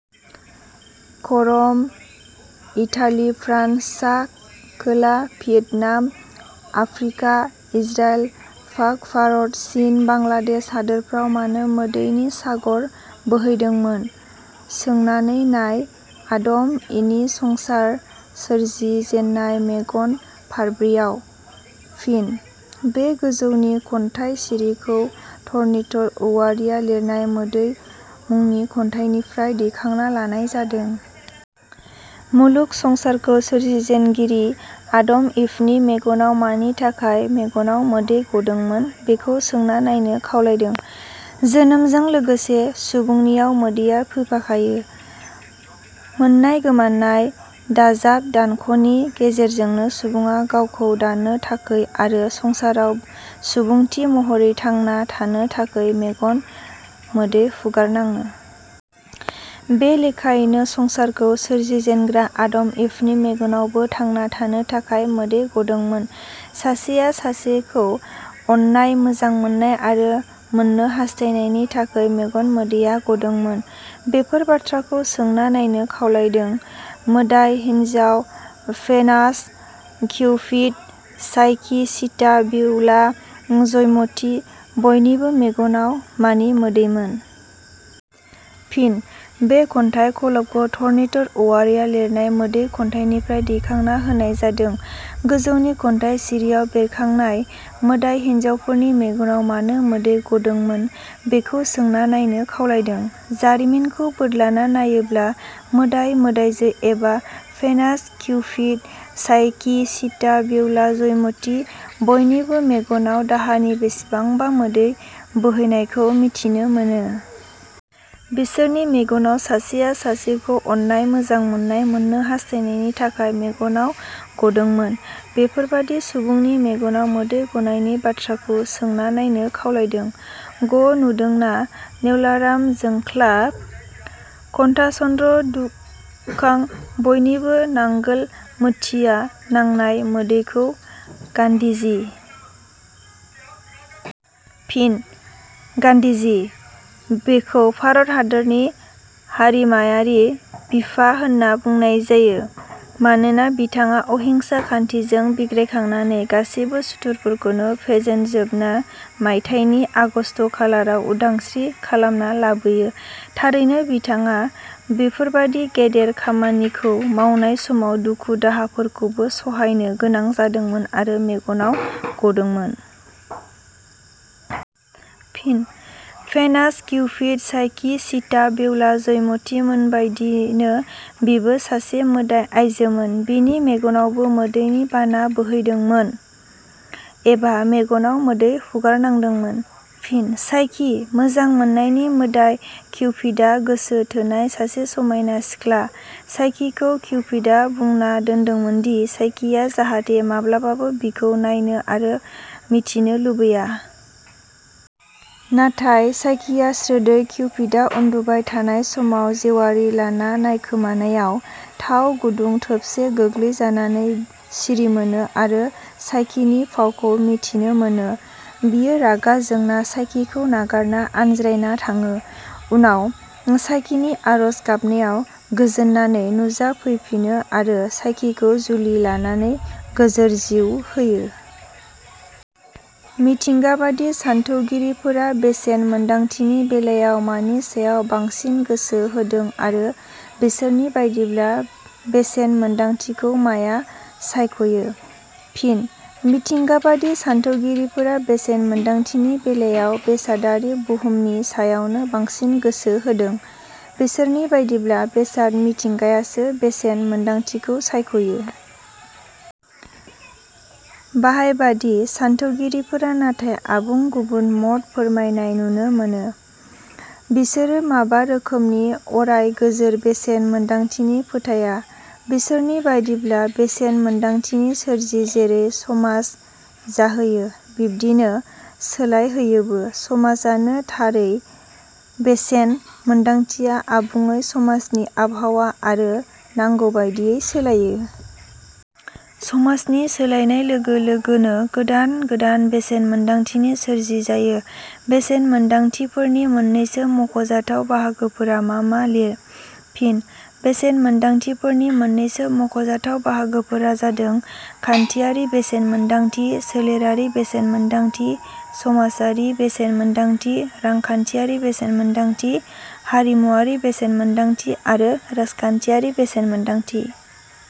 घ रम, Italy, France, सा खोला भियेटनाम, आफ्रिका, इजराइल, पाक-भारत-चीन, बांलादेश हादोरफ्राव मानो मोदैनि सागर बोहैदोंमोन? "सोंनानै नाय आदम- इनि संसार सोरजि जेन्नाय मेगन फारब्रैयाव। " फिन: बे गोजौनि खन्थाइ सिरिखौ धरणीधर औवारिया लिरनाय 'मोदै' मुंनि खन्थाइनिफ्राय दैखांना लानाय जादों। मुलुग संसारखौ सोरजिजेनगिरि आदम-इभनि मेगनाव मानि थाखाय मेगनाव मोदै गदोंमोन बेखौ सोंना नायनो खावलायदों। जोनोमजों लोगोसे सुबुंनियाव मोदैया फैफाखायो। मोननाय-गोमानाय, दाजाब-दानख 'नि गेजेरजोंनो सुबुङा गावखौ दानो थाखै आरो संसाराव सुबुंथि महरै थांना थानो थाखैनो मेगन गोदै हुगार नाङो। बे लेखायैनो संसारखौ सोरजिजेनग्रा आदम-इभनि मेगनावबो थांना थानो थाखाय मोदै गदोंमोन। सासेया सासेखौ अननाय मोजां मोननाय आरो मोननो हास्थायनायनि थाखै मेगन मोदैया गदोंमोन। बेफोर बाथ्राखौ सोंना नायनो खावलायदो। मोदाय हिन्जाव Venus, Cupid, Psyche Sita, Behula, Joymoti बयनिबो मेगनाव मानि मोदैमोन? " फिन: बे खन्थाइ खलबखौ धरणीधर औवारिया लिरनाय 'मोदै' खन्थाइनिफ्राय दैखांना होनाय जादों। गोजौनि खन्थाइ सिरियाव बेरखांनाय मोदाय हिन्जावफोरनि मेगनाव मानो मोदै गदोंमोन बेखौ सोंना नायनो खावलायदों। जारिमिनखौ बोदलाना नायोब्ला मोदाय-मोदायजो एबा Venus, Cupid, Psyche, Sita, Behula, Joymoti बयनिबो मेगनाव दाहानि बेसेबांबा मोदै बोहैनायखौ मिथिनो मोनो। बिसोरनि मेगनाव सासेया सासेखी अननाय मोजां मोननाय मोननो हास्थायनायनि थाखाय मेगनाव गदोंमोन। बेफोरबादि सुबुंनि मेगनाव मोदै गनायनि बाथ्राखौ सोंना नायनो खावलायदों। ग नुदोंना- नेवलाराम, जोंखलाब खन्थाचन्द्र, दुखां बयनिबो नांगोल मोथियाव नांनाय मोदैखौ? गान्धीजी। फिन: गान्धीजी: बिखौ भारत हादोरनि हारिमायारि बिफा होनना बुंनाय जायो। मानोना बिथाङा अहिंसा खान्थिजों बिग्रायखांनानै गासैबो सुथुरफोरखौ फेनजोबनाने मायथाइनि आगष्ट खालाराव उदांस्रि खालामना लाबोयो। थारैनो बिथाङा बेफोरबादि गेदेर खामानिखौ मावनाय समाव दुख-दाहाफोरखौबो सहायनो गोनां जादोंमोन आरो मेगनाव गदोंमोन। फिन: Venus: Cupid, Psyche, Sita, Behula, Joymoti मोनबायदिनो बिबो सासे मोदाय आइजोमोन। बिनि मेगनावबो मोदैनि बाना बोहैदोंमोन एबा मेगनाव मोदै हुगारनांदोंमोन। फिन: चाइकी: मोजां मोननायनि मोदाय किउपिदा गोसो थोनाय सासे समायना सिख्ला। चाइकीखौ किउपिदा बुंना दोनदोंमोनदि चाइकीया जाहाथे माब्लाबाबो बिखौ नायनो आरो मिथिनो लुबैया। नाथाय चाइकीया स्रोदयै किउपिदा उन्दुबाय थानाय समाव जेवारि लाना नायखोमानायाव थाव गुदुं थोबसे गोग्लैजानानै सिरिमोनो आरो चाइकीनि फावखौ मिथिनो मोनो। बियो रागा जोंना चाइकीखौ नागारना आनज्रायना थाङो। उनाव चाइकीनि आरज गाबनायाव गोजोननानै नुजाफैफिनो आरो चाइकीखौ जुलि लानानै गोजोर जिउ होयो। मिथिंगाबादि सानथौगिरिफोरा बेसेन मोन्दांथिनि बेलायाव मानि सायाव बांसिन गोसो होदों आरो बिसोरनि बादिब्ला बेसेन मोन्दांथिखौ माया सायखयो? फिनः मिथिंगाबादि सानथौगिरिफोरा बेसेन मोन्दांथिनि बेलायाव बेसादारि बहुमनि सायावसो बांसिन गोसो होदों। बिसोरनि बादिब्ला, बेसाद मिथिंगायासो बेसेन मोनदांथिखौ सायख'यो। बाहायबादि सानथौगिरिफोरा नाथाय आबुं गुबुन मत फोरमायनाय नुनो मोनो। बिसोर माबा रोखोमनि अराय गोजोर बेसेन मोन्दांथिखौ फोथाया। बिसोरनि बादिब्ला, बेसेन मोन्दांथिनि सोरजि जेरै समाज जाहोयो, बिब्दिनो सोलायहोयोबो समाजानो। थारै बेसेन मोन्दांथिया आबुङै समाजनि आबहावा आरो नांगौबादियै सोलाइयो। समाजनि सोलायनाय लोगो लोगोनो गोदान गोदान बेसेन मोन्दांथिनि सोरजि जायो। बेसेन मोन्दांथिफोरनि मोन्नैसो मख 'जाथाव बाहागोफोरा मा मा लिर। फिनः बेसेन मोन्दांथिफोरनि मोननैसो मख 'जाथाव बाहागोफोरा जादों- खान्थियारि बेसेन मोन्दांथि, सोलेरारि बेसेन मोन्दांथि समानायारि बेसेन मोन्दांथि रांखान्थियारि बेसेन मोन्दांथि हारिमुवारि बेसेन मोन्दांथि आरो राजखान्थियारि बेसेन मोन्दांथि।